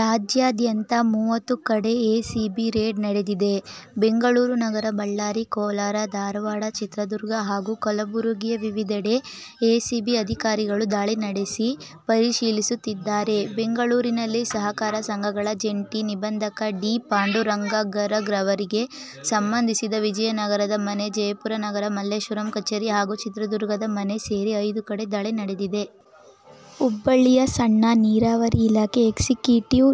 ರಾಜ್ಯಾದ್ಯಂತ ಮೂವತ್ತು ಕಡೆ ಎಸಿಬಿ ರೇಡ್ ನಡೆದಿದೆ. ಬೆಂಗಳೂರು ನಗರ, ಬಳ್ಳಾರಿ, ಕೋಲಾರ, ಧಾರವಾಡ, ಚಿತ್ರದುರ್ಗ ಹಾಗೂ ಕಲಬುರಗಿಯ ವಿವಿಧೆಡೆ ಎಸಿಬಿ ಅಧಿಕಾರಿಗಳು ದಾಳಿ ನಡೆಸಿ ಪರಿಶೀಲಿಸುತ್ತಿದ್ದಾರೆ. ಬೆಂಗಳೂರಿನಲ್ಲಿ ಸಹಕಾರ ಸಂಘಗಳ ಜಂಟಿ ನಿಂಬಂಧಕ ಡಿ. ಪಾಂಡುರಂಗ ಗರಗ್ ಅವರಿಗೆ ಸಂಬಂಧಿಸಿದ ವಿಜಯನಗರದ ಮನೆ, ಜಯನಗರ, ಮಲ್ಲೇಶ್ವರಂ ಕಚೇರಿ ಹಾಗೂ ಚಿತ್ರದುರ್ಗದ ಮನೆ ಸೇರಿ ಐದು ಕಡೆ ದಾಳಿ ನಡೆದಿದೆ. ಹುಬ್ಬಳ್ಳಿಯ ಸಣ್ಣ ನೀರಾವರಿ ಇಲಾಖೆ ಎಕ್ಸಿಕ್ಯೂಟಿವ್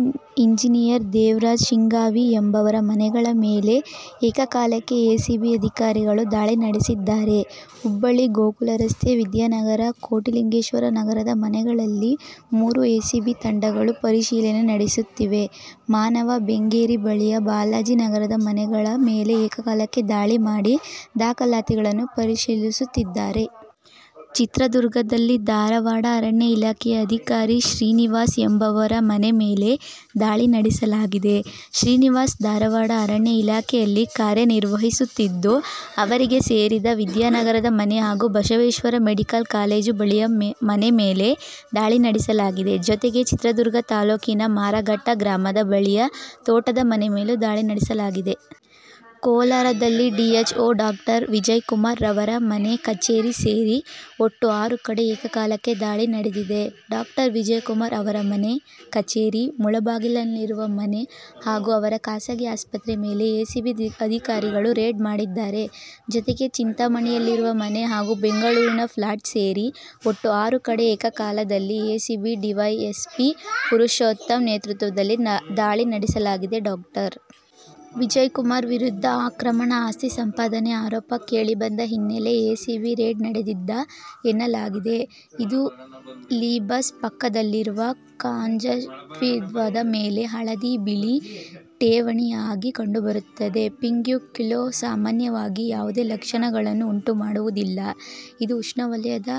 ಇಂಜಿನಿಯರ್ ದೇವರಾಜ್ ಶಿಗ್ಗಾಂವಿ ಎಂಬವರ ಮನೆಗಳ ಮೇಲೆ ಏಕಕಾಲಕ್ಕೆ ಎಸಿಬಿ ಅಧಿಕಾರಿಗಳು ದಾಳಿ ನಡೆಸಿದ್ದಾರೆ. ಹುಬ್ಬಳ್ಳಿ ಗೋಕುಲ ರಸ್ತೆ, ವಿದ್ಯಾನಗರ, ಕೋಟಿಲಿಂಗೆಶ್ವರ ನಗರದ ಮನೆಗಳಲ್ಲಿ ಮೂರು ಎಸಿಬಿ ತಂಡಗಳು ಪರಿಶೀಲನೆ ನಡೆಸುತ್ತಿವೆ. ಮಾವನ ಬೆಂಗೇರಿ ಬಳಿಯ ಬಾಲಾಜಿ ನಗರದ ಮನೆಗಳ ಮೇಲೆ ಏಕಕಾಲಕ್ಕೆ ದಾಳಿ ಮಾಡಿ, ದಾಖಲಾತಿಗಳನ್ನು ಪರಿಶೀಲಿಸುತ್ತಿದ್ದಾರೆ. ಚಿತ್ರದುರ್ಗದಲ್ಲಿ ಧಾರವಾಡ ಅರಣ್ಯ ಇಲಾಖೆಯ ಅಧಿಕಾರಿ ಶ್ರೀನಿವಾಸ್ ಎಂಬುವವರ ಮನೆ ಮೇಲೆ ದಾಳಿ ನಡೆಸಲಾಗಿದೆ. ಶ್ರೀನಿವಾಸ್ ಧಾರವಾಡ ಅರಣ್ಯ ಇಲಾಖೆಯಲ್ಲಿ ಕಾರ್ಯ ನಿರ್ವಹಿಸುತ್ತಿದ್ದು, ಅವರಿಗೆ ಸೇರಿದ ವಿದ್ಯಾನಗರದ ಮನೆ ಹಾಗೂ ಬಸವೇಶ್ವರ ಮೆಡಿಕಲ್ ಕಾಲೇಜು ಬಳಿಯ ಮನೆ ಮೇಲೆ ದಾಳಿ ನಡೆಸಲಾಗಿದೆ. ಜೊತೆಗೆ ಚಿತ್ರದುರ್ಗ ತಾಲೂಕಿನ ಮಾರಘಟ್ಟ ಗ್ರಾಮದ ಬಳಿಯ ತೋಟದ ಮನೆ ಮೇಲೂ ದಾಳಿ ನಡೆಸಲಾಗಿದೆ. ಕೋಲಾರದಲ್ಲಿ ಡಿಹೆಚ್ಓ ಡಾಕ್ಟರ್. ವಿಜಯ್ ಕುಮಾರ್ ಅವರ ಮನೆ ಕಚೇರಿ ಸೇರಿ ಒಟ್ಟು ಆರು ಕಡೆ ಏಕಕಾಲಕ್ಕೆ ದಾಳಿ ನಡೆದಿದೆ. ಡಾಕ್ಟರ್. ವಿಜಯ್ ಕುಮಾರ್ ಅವರ ಮನೆ, ಕಚೇರಿ, ಮುಳಬಾಗಿಲಿನಲ್ಲಿರುವ ಮನೆ ಹಾಗೂ ಅವರ ಖಾಸಗಿ ಆಸ್ಪತ್ರೆ ಮೇಲೆ ಎಸಿಬಿ ಅಧಿಕಾರಿಗಳು ರೇಡ್ ಮಾಡಿದ್ದಾರೆ. ಜೊತೆಗೆ ಚಿಂತಾಮಣಿಯಲ್ಲಿರುವ ಮನೆ ಹಾಗೂ ಬೆಂಗಳೂರಿನ ಫ್ಲಾಟ್ ಸೇರಿ ಒಟ್ಟು ಆರು ಕಡೆ ಏಕಕಾಲದಲ್ಲಿ ಎಸಿಬಿ ಡಿವೈಎಸ್ಪಿ ಪುರುಷೋತ್ತಮ್ ನೇತೃತ್ವದಲ್ಲಿ ದಾಳಿ ನಡೆಸಲಾಗಿದೆ. ಡಾಕ್ಟರ್ ವಿಜಯ್ ಕುಮಾರ್ ವಿರುದ್ಧ ಅಕ್ರಮ ಆಸ್ತಿ ಸಂಪಾದನೆ ಆರೋಪ ಕೇಳಿಬಂದ ಹಿನ್ನೆಲೆ ಎಸಿಬಿ ರೇಡ್ ನಡೆದಿದೆ ಎನ್ನಲಾಗಿದೆ. ಇದು ಲಿಂಬಸ್ ಪಕ್ಕದಲ್ಲಿರುವ ಕಾಂಜಂಕ್ಟಿವದ ಮೇಲೆ ಹಳದಿ-ಬಿಳಿ ಠೇವಣಿಯಾಗಿ ಕಂಡುಬರುತ್ತದೆ.. ಪಿಂಗ್ಯುಕ್ಯುಲಾ ಸಾಮಾನ್ಯವಾಗಿ ಯಾವುದೇ ಲಕ್ಷಣಗಳನ್ನು ಉಂಟುಮಾಡುವುದಿಲ್ಲ. ಇದು ಉಷ್ಣವಲಯದ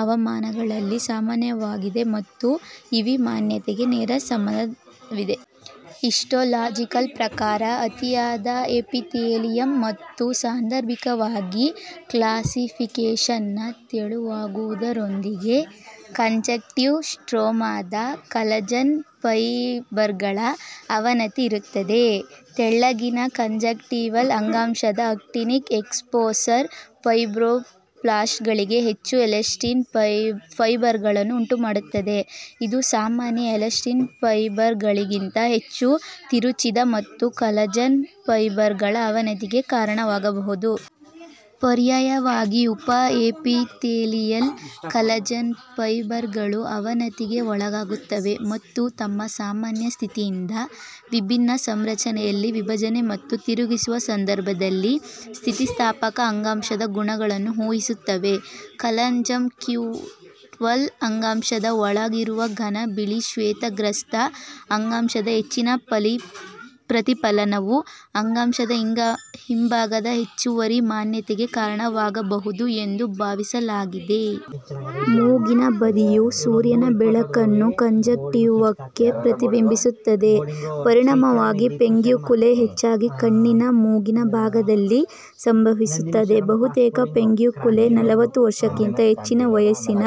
ಹವಾಮಾನಗಳಲ್ಲಿ ಸಾಮಾನ್ಯವಾಗಿದೆ ಮತ್ತು ಯುವಿ ಮಾನ್ಯತೆಗೆ ನೇರ ಸಂಬಂಧವಿದೆ. ಹಿಸ್ಟೊಲಾಜಿಕಲ್ ಪ್ರಕಾರ, ಅತಿಯಾದ ಎಪಿಥೇಲಿಯಮ್ ಮತ್ತು ಸಾಂದರ್ಭಿಕವಾಗಿ ಕ್ಲಾಸಿಫಿಕೇಷನ್ ನ ತೆಳುವಾಗುವುದರೊಂದಿಗೆ ಕಾಂಜಂಕ್ಟಿವ್ ಸ್ಟ್ರೋಮಾದ ಕಾಲಜನ್ ಫೈಬರ್ಗಳ ಅವನತಿ ಇರುತ್ತದೆ. ತೆಳ್ಳಗಿನ ಕಂಜಂಕ್ಟಿವಲ್ ಅಂಗಾಂಶದ ಅಕ್ಟೀನಿಕ್ ಎಕ್ಸ್ಪೋಸರ್ ಫೈಬ್ರೋಬ್ಲಾಸ್ಟ್ಗಳಿಗೆ ಹೆಚ್ಚು ಎಲಾಸ್ಟಿನ್ ಫೈಬರ್ಗಳನ್ನು ಉಂಟುಮಾಡುತ್ತದೆ, ಇದು ಸಾಮಾನ್ಯ ಎಲಾಸ್ಟಿನ್ ಫೈಬರ್ಗಳಿಗಿಂತ ಹೆಚ್ಚು ತಿರುಚಿದ ಮತ್ತು ಕಾಲಜನ್ ಫೈಬರ್ಗಳ ಅವನತಿಗೆ ಕಾರಣವಾಗಬಹುದು. ಪರ್ಯಾಯವಾಗಿ, ಉಪ-ಎಪಿಥೆಲಿಯಲ್ ಕಾಲಜನ್ ಫೈಬರ್ಗಳು ಅವನತಿಗೆ ಒಳಗಾಗುತ್ತವೆ ಮತ್ತು ತಮ್ಮ ಸಾಮಾನ್ಯ ಸ್ಥಿತಿಯಿಂದ ವಿಭಿನ್ನ ಸಂರಚನೆಯಲ್ಲಿ ವಿಭಜನೆ ಮತ್ತು ತಿರುಗಿಸುವ ಸಂದರ್ಭದಲ್ಲಿ ಸ್ಥಿತಿಸ್ಥಾಪಕ ಅಂಗಾಂಶದ ಗುಣಗಳನ್ನು ಊಹಿಸುತ್ತವೆ. ಕಂಜಂಕ್ಟಿವಲ್ ಅಂಗಾಂಶದ ಒಳಗಿರುವ ಘನ ಬಿಳಿ ಶ್ವೇತಗ್ರಸ್ತ ಅಂಗಾಂಶದ ಹೆಚ್ಚಿನ ಪ್ರತಿಫಲನವು ಅಂಗಾಂಶದ ಹಿಂಭಾಗದ ಹೆಚ್ಚುವರಿ ಮಾನ್ಯತೆಗೆ ಕಾರಣವಾಗಬಹುದು ಎಂದು ಭಾವಿಸಲಾಗಿದೆ. ಮೂಗಿನ ಬದಿಯು ಸೂರ್ಯನ ಬೆಳಕನ್ನು ಕಾಂಜಂಕ್ಟಿವಕ್ಕೆ ಪ್ರತಿಬಿಂಬಿಸುತ್ತದೆ. ಪರಿಣಾಮವಾಗಿ, ಪಿಂಗ್ಯುಕ್ಯುಲೇ ಹೆಚ್ಚಾಗಿ ಕಣ್ಣಿನ ಮೂಗಿನ ಭಾಗದಲ್ಲಿ ಸಂಭವಿಸುತ್ತದೆ. ಬಹುತೇಕ ಪಿಂಗ್ಯುಕ್ಯುಲೇ ನಲವತ್ತು ವರ್ಷಕ್ಕಿಂತ ಹೆಚ್ಚಿನ ವಯಸ್ಸಿನ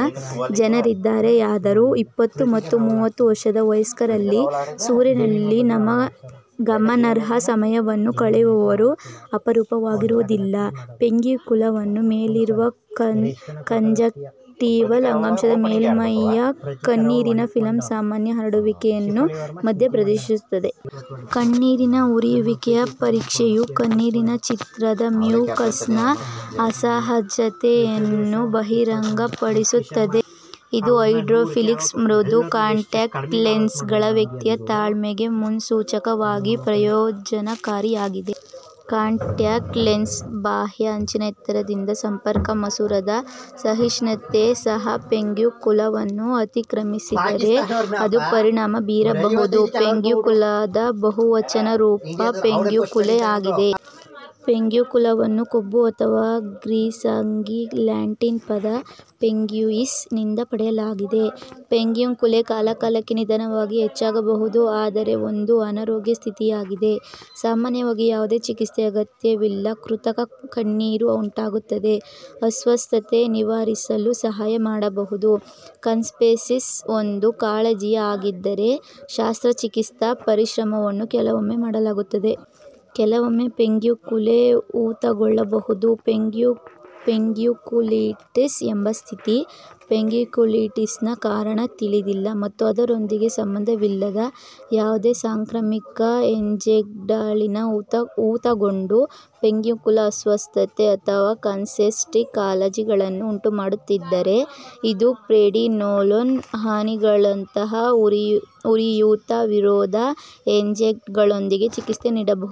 ಜನರಿದ್ದಾರೆಯಾದರೂ, ಇಪ್ಪತ್ತು ಮತ್ತು ಮೂವತ್ತು ವರ್ಷದ ವಯಸ್ಕರಲ್ಲಿ ಸೂರ್ಯನಲ್ಲಿ ಗಮನಾರ್ಹ ಸಮಯವನ್ನು ಕಳೆಯುವವರು ಅಪರೂಪವಾಗಿರುವುದಿಲ್ಲ. ಪಿಂಗ್ಯುಕ್ಯುಲಾವನ್ನು ಮೇಲಿರುವ ಕಾಂಜಂಕ್ಟಿವಲ್ ಅಂಗಾಂಶದ ಮೇಲ್ಮೈಯು ಕಣ್ಣೀರಿನ ಫಿಲ್ಮ್ನ ಸಾಮಾನ್ಯ ಹರಡುವಿಕೆಯನ್ನು ಮಧ್ಯಪ್ರವೇಶಿಸುತ್ತದೆ. ಕಣ್ಣೀರಿನ ಉರಿಯುವಿಕೆಯ ಪರೀಕ್ಷೆಯು ಕಣ್ಣೀರಿನ ಚಿತ್ರದ ಮ್ಯೂಕಸ್ನ ಅಸಹಜತೆಯನ್ನು ಬಹಿರಂಗಪಡಿಸುತ್ತದೆ, ಇದು ಹೈಡ್ರೋಫಿಲಿಕ್ ಮೃದು ಕಾಂಟ್ಯಾಕ್ಟ್ ಲೆನ್ಸ್ಗಳ ವ್ಯಕ್ತಿಯ ತಾಳ್ಮೆಗೆ ಮುನ್ಸೂಚಕವಾಗಿ ಪ್ರಯೋಜನಕಾರಿಯಾಗಿದೆ. ಕಾಂಟ್ಯಾಕ್ಟ್ ಲೆನ್ಸ್ನ ಬಾಹ್ಯ ಅಂಚಿನ ಎತ್ತರದಿಂದ ಸಂಪರ್ಕ ಮಸೂರದ ಅಸಹಿಷ್ಣುತೆ ಸಹ ಪಿಂಗ್ಯುಕುಲಾವನ್ನು ಅತಿಕ್ರಮಿಸಿದರೆ ಅದು ಪರಿಣಾಮ ಬೀರಬಹುದು. ಪಿಂಗ್ಯುಕುಲಾದ ಬಹುವಚನ ರೂಪ ಪಿಂಗ್ಯುಕ್ಯುಲೇ ಆಗಿದೆ. ಪಿಂಗ್ಯುಕುಲಾವನ್ನು ಕೊಬ್ಬು ಅಥವಾ ಗ್ರೀಸ್ಗಾಗಿ ಲ್ಯಾಟಿನ್ ಪದ "ಪಿಂಗ್ಯುಯಿಸ್" ನಿಂದ ಪಡೆಯಲಾಗಿದೆ. ಪಿಂಗ್ಯುಕ್ಯುಲೇ ಕಾಲಕಾಲಕ್ಕೆ ನಿಧಾನವಾಗಿ ಹೆಚ್ಚಾಗಬಹುದು, ಆದರೆ ಒಂದು ಅನಾರೋಗ್ಯ ಸ್ಥಿತಿಯಾಗಿದ್ದು, ಸಾಮಾನ್ಯವಾಗಿ ಯಾವುದೇ ಚಿಕಿತ್ಸೆ ಅಗತ್ಯವಿಲ್ಲ. ಕೃತಕ ಕಣ್ಣೀರು ಉಂಟಾಗುತ್ತದೆ, ಅಸ್ವಸ್ಥತೆ ನಿವಾರಿಸಲು ಸಹಾಯ ಮಾಡಬಹುದು. ಕಾಸ್ಮೆಸಿಸ್ ಒಂದು ಕಾಳಜಿಯೇ ಆಗಿದ್ದರೆ, ಶಸ್ತ್ರಚಿಕಿತ್ಸಾ ಪರಿಶ್ರಮವನ್ನು ಕೆಲವೊಮ್ಮೆ ಮಾಡಲಾಗುತ್ತದೆ. ಕೆಲವೊಮ್ಮೆ, ಪಿಂಗ್ಯುಕ್ಯುಲಾ ಊತಗೊಳ್ಳಬಹುದು, ಪಿಂಗ್ಯುಕ್ಯುಲಿಟಿಸ್ ಎಂಬ ಸ್ಥಿತಿ. ಪಿಂಗ್ಯುಕ್ಯುಲಿಟಿಸ್ನ ಕಾರಣ ತಿಳಿದಿಲ್ಲ ಮತ್ತು ಅದರೊಂದಿಗೆ ಸಂಬಂಧವಿಲ್ಲದ ಯಾವುದೇ ಸಾಂಕ್ರಾಮಿಕ ಏಜೆಂಟ್ಗಳಿಲ್ಲ. ಊತಗೊಂಡ ಪಿಂಗ್ಯುಕುಲಾ ಅಸ್ವಸ್ಥತೆ ಅಥವಾ ಕಾಸ್ಮೆಟಿಕ್ ಕಾಳಜಿಗಳನ್ನು ಉಂಟುಮಾಡುತ್ತಿದ್ದರೆ, ಇದು ಪ್ರೆಡಿನೊಲೋನ್ ಹನಿಗಳಂತಹ ಉರಿಯೂತ-ವಿರೋಧಿ ಏಜೆಂಟ್ಗಳೊಂದಿಗೆ ಚಿಕಿತ್ಸೆ ನೀಡಬಹುದು.